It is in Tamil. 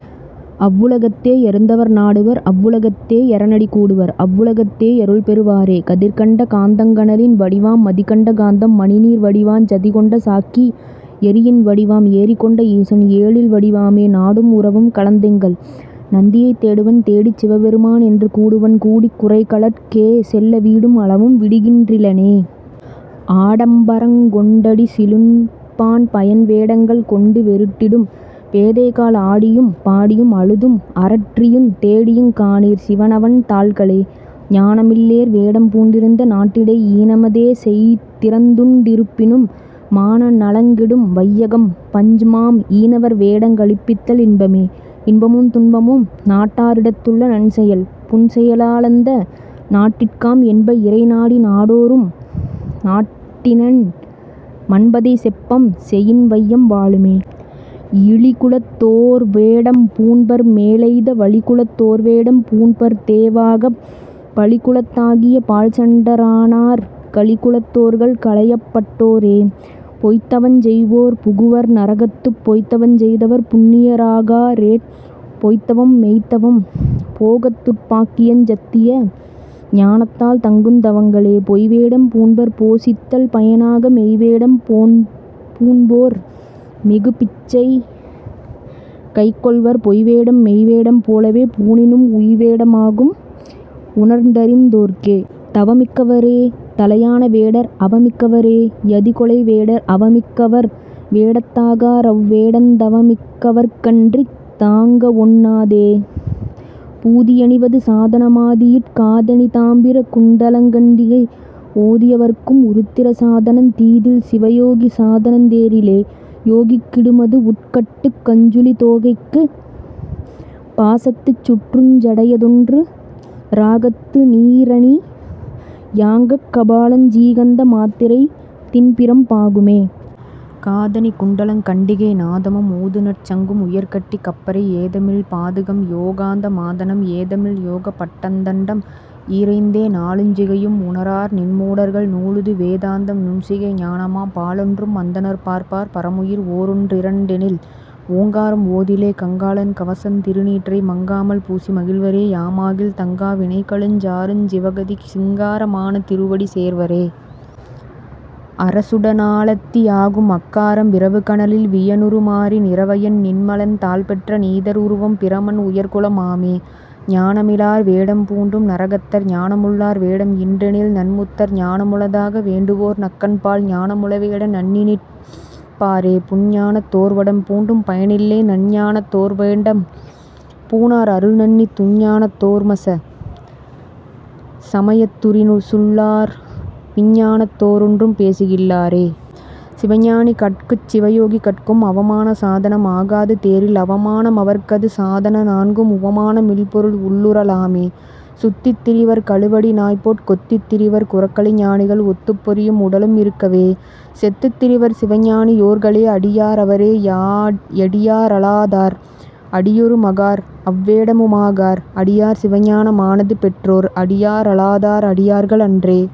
அவ்வுல கத்தே யருந்தவர் நாடுவர் அவ்வுல கத்தே யரனடி கூடுவர் அவ்வுல கத்தே யருள்பெறு வாரே. கதிர்கண்ட காந்தங் கனலின் வடிவாம் மதிகண்ட காந்தம் மணிநீர் வடிவாஞ் சதிகொண்ட சாக்கி யெரியின் வடிவாம் எரிகொண்ட ஈசன் எழில்வடி வாமே. நாடும் உறவும் கலந்தெங்கள் நந்தியைத் தேடுவன் தேடிச் சிவபெரு மான்என்று கூடுவன் கூடிக் குரைகழற் கேசெல்ல வீடும் அளவும் விடுகின் றிலெனே. ஆடம் பரங்கொண் டடிசிலுண் பான்பயன் வேடங்கள் கொண்டு வெருட்டிடும் பேதைகாள் ஆடியும் பாடியும் அழுதும் அரற்றியுந் தேடியுங் காணீர் சிவனவன் தாள்களே. ஞானமில் லேர்வேடம் பூண்டிருந்த நாட்டிடை ஈனம தேசெய் திரந்துண் டிருப்பினும் மான நலங்கெடும் வையகம் பஞ்ச்மாம் ஈனவர் வேடங் கழிப்பித்தல் இன்பமே. இன்பமும் துன்பமும் நாட்டா ரிடத்துள்ள நன்செயல் புன்செய லாலந்த நாட்டிற்காம் என்ப இறைநாடி நாடோறும் நாட்டினின் மன்பதை செப்பம் செயின்வையம் வாழுமே. இழிகுலத் தோர்வேடம் பூண்பர்மே லெய்த வழிகுலத் தோர்வேடம் பூண்பர்தே வாகப் பழிகுலத் தாகிய பாழ்சண்ட ரானார் கழிகுலத் தோர்கள் களையப்பட் டோரே. பொய்த்தவஞ் செய்வார் புகுவர் நரகத்துப் பொய்த்தவஞ் செய்தவர் புண்ணிய ராகாரேற் பொய்த்தவம்மெய்த்தவம் போகத்துட்போக்கியஞ் சத்திய ஞானத்தால் தங்குந் தவங்களே. பொய்வேடம் பூண்பர் போசித்தல் பயனாக மெய்வேடம் பூண்போர்மிகு பிச்சைகைக்கொள்வர் பொய்வேடம் மெய்வேடம் போலவே பூணினும் உய்வேட மாகும் உணர்ந்தறிந் தோர்க்கே. தவமிக் கவரே தலையான வேடர் அவமிக் கவரே யதிகொலை வேடர் அவமிக் கவர்வேடத் தாகாரவ் வேடந் தவமிக் கவர்க்கன்றித் தாங்கவொண் ணாதே. பூதி யணிவது சாதன மாதியிற் காதணி தாம்பிர குண்டலங் கண்டிகை ஓதி யவர்க்கும் உருத்திர சாதனந் தீதில் சிவயோகி சாதனந் தேரிலே. யோகிக் கிடுமது வுட்கட்டுக் கஞ்சுளி தோகைக்குப் பாசத்துச் சுற்றுஞ் சடையதொன்று றாகத்து நீறனி யாங்கக் கபாலஞ் சீகந்த மாத்திரை தின்பிரம் பாகுமே. காதணி குண்டலங் கண்டிகை நாதமும் ஊதுநற் சங்கும் உயர்கட்டி கப்பரை ஏதமில் பாதுகம் யோகாந்த மாதனம் ஏதமில் யோகபட் டந்தண்டம் ஈரைந்தே. நூலுஞ் சிகையும் உணரார்நின் மூடர்கள் நூலது வேதாந்தம் நுண்சிகை ஞானமாம் பாலொன்றும் அந்தணர் பார்ப்பார் பரமுயிர் ஓரொன் றிரண்டெனில் ஓங்காரம் ஓதிலே. கங்காளன் கவசத் திருநீற்றை மங்காமல் பூசி மகிழ்வரே யாமாகில் தங்கா வினைகளுஞ் சாருஞ் சிவகதி சிங்கார மான திருவடி சேர்வரே. அரசுட னாலத்தி யாகும்அக் காரம் விரவுகனலில் வியனுரு மாறி நிரவயன் நின்மலன் தாள்பெற்ற நீதர் உருவம் பிரமன் உயர்குலம் ஆமே. ஞானமி லார்வேடம் பூண்டும் நரகத்தர் ஞானமுள்ளார்வேடம்இன்றெனில்நன்முத்தர் ஞானமுளதாக வேண்டுவோர் நக்கன்பால் ஞானமுள வேட நண்ணிநிற் பாரே. புன்ஞானத் தோர்வேடம் பூண்டும் பயனில்லை நன்ஞானத்தோர்வேடம் பூணார் அருள்நண்ணித் துன்ஞானத் தோர்சம யத்துரி சுள்ளோர் பின்ஞானத் தோரொன்றும் பேசுகில்லாரே. சிவஞானி கட்குஞ் சிவயோகி கட்கும் அவமான சாதனம் ஆகாது தேரில் அவமா மவர்க்கது சாதன நான்கும் உவமான மில்பொருள் உள்ளுற லாமே. சுத்தித் திரிவர் கழுவடி நாய்போற் கொத்தித் திரிவர் குரக்களி ஞானிகள் ஒத்துப் பொறியும் உடலும் இருக்கவே செத்துத் திரிவர் சிவஞானி யோர்களே. அடியா ரவரே யடியா ரலாதார் அடியாரு மாகார்அவ் வேடமு மாகார் அடியார் சிவஞான மானது பெற்றோர் அடியா ரலாதார் அடியார்கள் அன்றே.